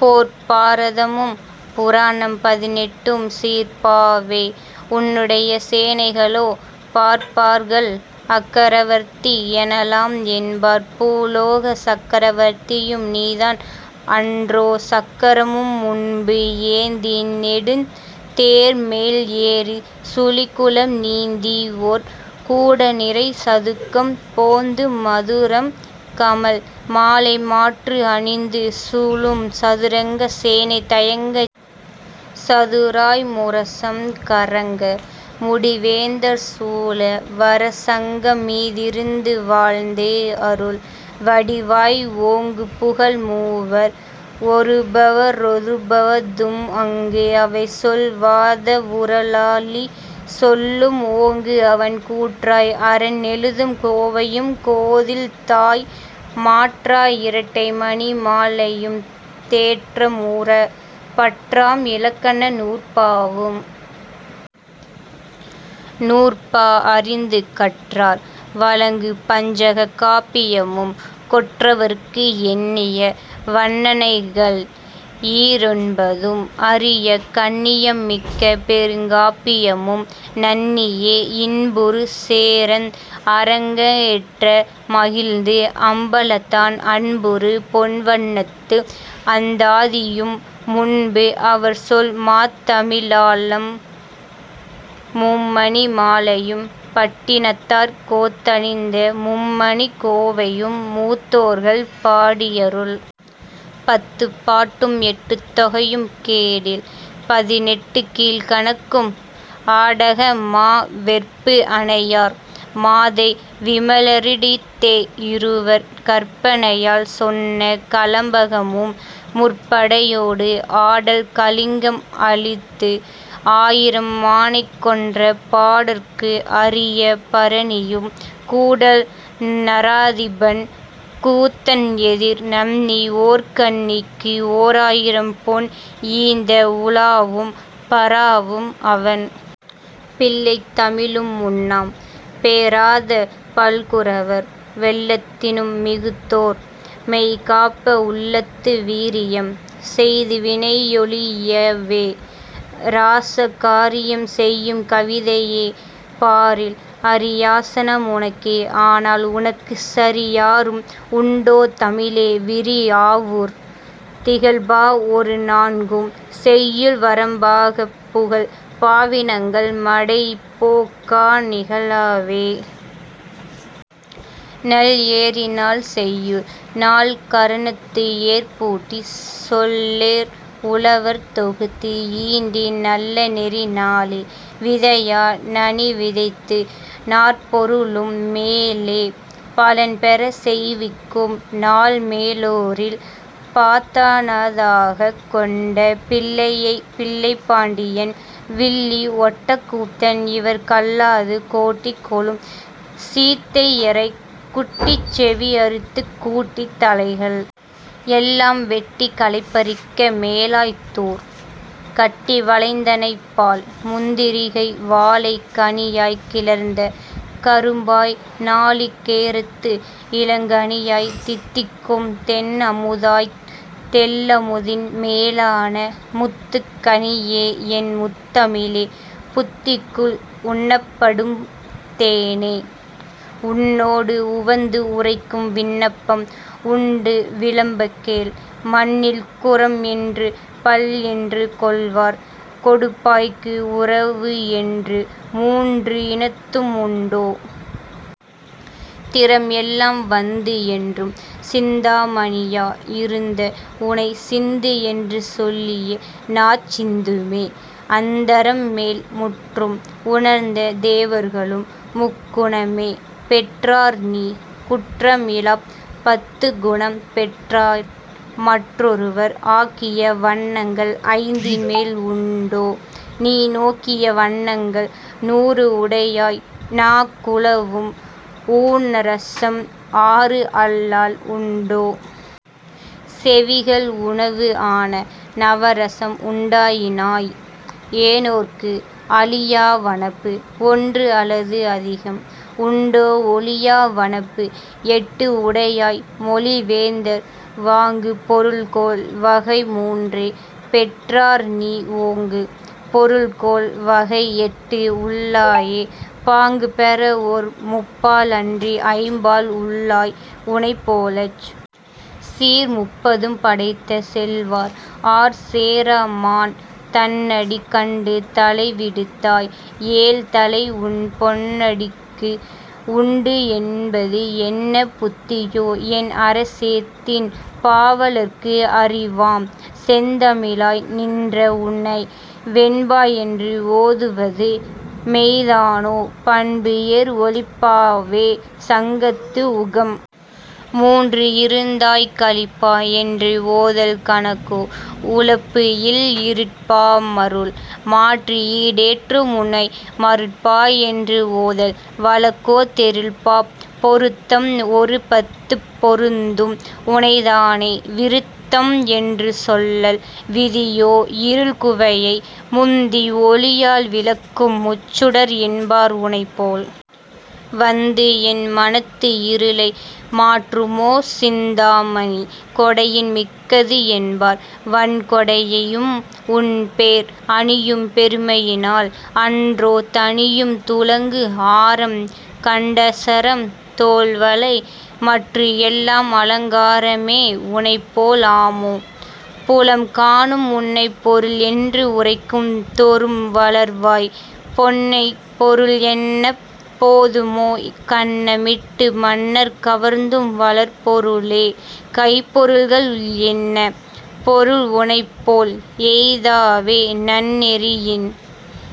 போர்ப் பாரதமும் புராணம் பதினெட்டும் சீர்ப்பாவே உன்னுடைய சேனைகளோ பார்ப்பார்கள் அக்கரவர்த்தி எனலாம் என்பார் பூலோக சக்கரவர்த்தியும் நீதான் அன்றோ சக்கரம்முன்பு ஏந்தி நெடுந் தேர்மேல் ஏறிச் சுழிகுளம் நீந்திஓர் கூடநிறை சதுக்கம் போந்து மதுரம் கமழ் மாலைமாற்று அணிந்து சூழும் சதுரங்க சேனை தயங்கச் சதுராய் முரசம் கறங்க முடிவேந்தர் சூழ வர சங்கம் மீதிருந்து வாழ்ந்தே அருள் வடிவாய் ஓங்குபுகழ் மூவர் ஒருபஒருபஃதும் ஆங்கு அவை சொல் வாதவூராளி சொல்லும் ஓங்கும் அவன் கூற்றாய் அரன் எழுதும் கோவையும் கோதில்தாய் மாற்றா இரட்டைமணி மாலையும் தேற்றம்உற பற்றாம் இலக்கண நூற்பாவும் நூற்பா அறிந்து கற்றார் வழங்கு பஞ்சகாப்பியமும் கொற்றவருக்கு எண்ணிய வன்னனைகள் ஈரொன்பதும் அறியக் கண்ணியம் மிக்க பெருங்காப்பியமும் நன்ணியே இன்புறு சேரந் அரங்கேற்ற மகிழ்ந்து அம்பலத்தான் அன்புறு பொன்வண்னத்து அந்தாதியும் முன்பு அவர்சொல் மாத்தமிழாம் மும்மணி மாலையும் பட்டினத்தார் கோத்தணிந்த மும்மணிக் கோவையும் மூத்தோர்கள் பாடியருள் பத்துப்பாட்டும் எட்டுத்தொகையும் கேடில் பதினெட்டுக் கீழ்க்கணக்கும் ஆடக மா வெற்புஅனையார் மாதை விமலரிடத்தே இருவர் கற்பனையால் சொன்ன கலம்பகமும் முற்படையோடு ஆடல் கலிங்கம் அழித்து ஆயிரம் ஆனைகொன்ற பாடற்கு அரிய பரணியும் கூடல் நராதிபன் கூத்தன்எதிர் நண்ணி ஓர்கண்ணிக்கு ஓராயிரம்பொன் ஈந்த உலாவும் பராவும் அவன் பிள்ளைத் தமிழும் முன்னாம் பேராத பல்குரவர் வெள்ளத்தினும் மிகுத்தோர் மெய்காப்ப உள்ளத்து வீரியம் செய்து வினையொழியவே ராச காரியம் செய்யும் கவிதையே பாரில் அரியாசனம் உனக்கே ஆனால் உனக்குச் சரியாரும் உண்டோ தமிழே விரிஆவுர் திகழ்பா ஒருநான்கும் செய்யுள் வரம்பாகப் புகழ் பாவினங்கள் மடைப்போக்கா நிகழவே நல்ஏரினால் செய்யுள் நால்கரணத்து ஏர்பூட்டிச் சொல்லேர் உழவர் தொகுத்து ஈண்டி நல்லநெறி நாலே விதையா நனிவிதைத்து நாற்பொருளும் மேலே பலன்பெறச் செய்விக்கும் நாள் மேலோரில் பாத்தனதாகக் கொண்ட பிள்ளைப்பாண்டியன் வில்லி ஒட்டக் கூத்தன் இவர் கல்லாது கோட்டி கொளும் சீத்தையரைக் குட்டிச் செவிஅறுத்துக் கூட்டித் தலைகள் எல்லாம் வெட்டிக் களைபறிக்க மேலாய்த் தூர் கட்டி வளர்ந்தனை பால் முந்திரிகை வாழைக் கனியாய்க் கிளர்ந்த கரும்பாய் நாளிகேரத்து இளங்கனியாய் தித்திக்கும் தென்அமுதாய்த் தெள்ளமுதின் மேலான முத்திக் கனியே என் முத்தமிழே புத்திக்குள் உண்ணப்படும் தேனே உன்னோடு உவந்து உரைக்கும் விண்ணப்பம் உண்டு விளம்பக் கேள் மண்ணில் குறம்என்று பள்என்று கொள்வார் கொடுப்பாய்க்கு உறவுஎன்று மூன்று இனத்தும் உண்டோ! திறம்எல்லாம் வந்துஎன்றும் சிந்தாமணியா இருந்த உனைச் சிந்துஎன்று சொல்லிய நாச் சிந்துமே அந்தரம்மேல் முற்றும் உணர்ந்த தேவர்களும் முக்குணமே பெற்றார்நீ குற்றம் இலாப் பத்துக்குணம் பெற்றாய் மற்றொருவர் ஆக்கிய வண்ணங்கள் ஐந்தின்மேல் உண்டோ நீ நோக்கிய வண்ணங்கள் நூறுஉடையாய் நாக் குலவும் ஊனரசம் ஆறுஅல்லால் உண்டோ செவிகள் உணவு ஆன நவரசம் உண்டாயினாய் ஏனோர்க்கு அழியா வனப்பு ஒன்றுஅலது அதிகம் உண்டோ ஒழியா வனப்பு எட்டு உடையாய் மொழிவேந்தர் வாங்கு பொருள்கோள் வகை மூன்றே பெற்றார்நீ ஓங்கு பொருள்கோள் வகை எட்டு உள்ளாயே பாங்குபெற ஓர் முப்பால் அன்றி ஐம்பால் உள்ளாய் உனைப்போலச் சீர் முப்பதும் படைத்த செல்வர் ஆர் சேரமான் தன்னடிக் கண்டு தளை விடுத்தாய் ஏழ்தளை உன் பொன்னடிக்கு உண்டு என்பது என்ன புத்தியோ என் அரசே திண் பாவலர்க்கு அறிவாம் செந்தமிழாய் நின்றஉன்னை வெண்பா என்று ஓதுவது மெய்தானோ பண்பு ஏர் ஒலிப்பாவே சங்கத்து உகம் மூன்று இருந்தாய் கலிப்பா என்று ஓதல் கணக்கோ உலப்பு இல் இருட்பா மருள் மாற்றி ஈடேற்றும் உன்னை மருட்பா என்று ஓதல் வழக்கோ தெருள்பாப் பொருத்தம் ஒருபத்துப் பொருந்தும் உனைத்தானே விருத்தம் என்று சொல்லல் விதியோ இருள்குவையை முந்தி ஒளியால் விலக்கும் முச்சுடர் என்பார் உனைப்போல் வந்து என் மனத்து இருளை மாற்றுமோ சிந்தா மணி கொடையின் மிக்கது என்பார் வண்கொடையும் உன்பேர் அணியும் பெருமையினால் அன்றோ தணியும் துலங்கு ஆரம் கண்டசரம் தோள்வளை மற்றுஎல்லாம் அலங்காரமே உனைப்போல் ஆமோ புலம்காணும் உன்னைப் பொருள்என்று உரைக்கும் தொறும் வளர்வாய் பொன்னைப் பொருள் என்னப் போதுமோ கன்னமிட்டு மன்னர் கவர்ந்தும் வளர்பொருளே கைப்பொருள்கள் என்ன பொருள் உனைப்போல் எய்தாவே நன்னெறியின்।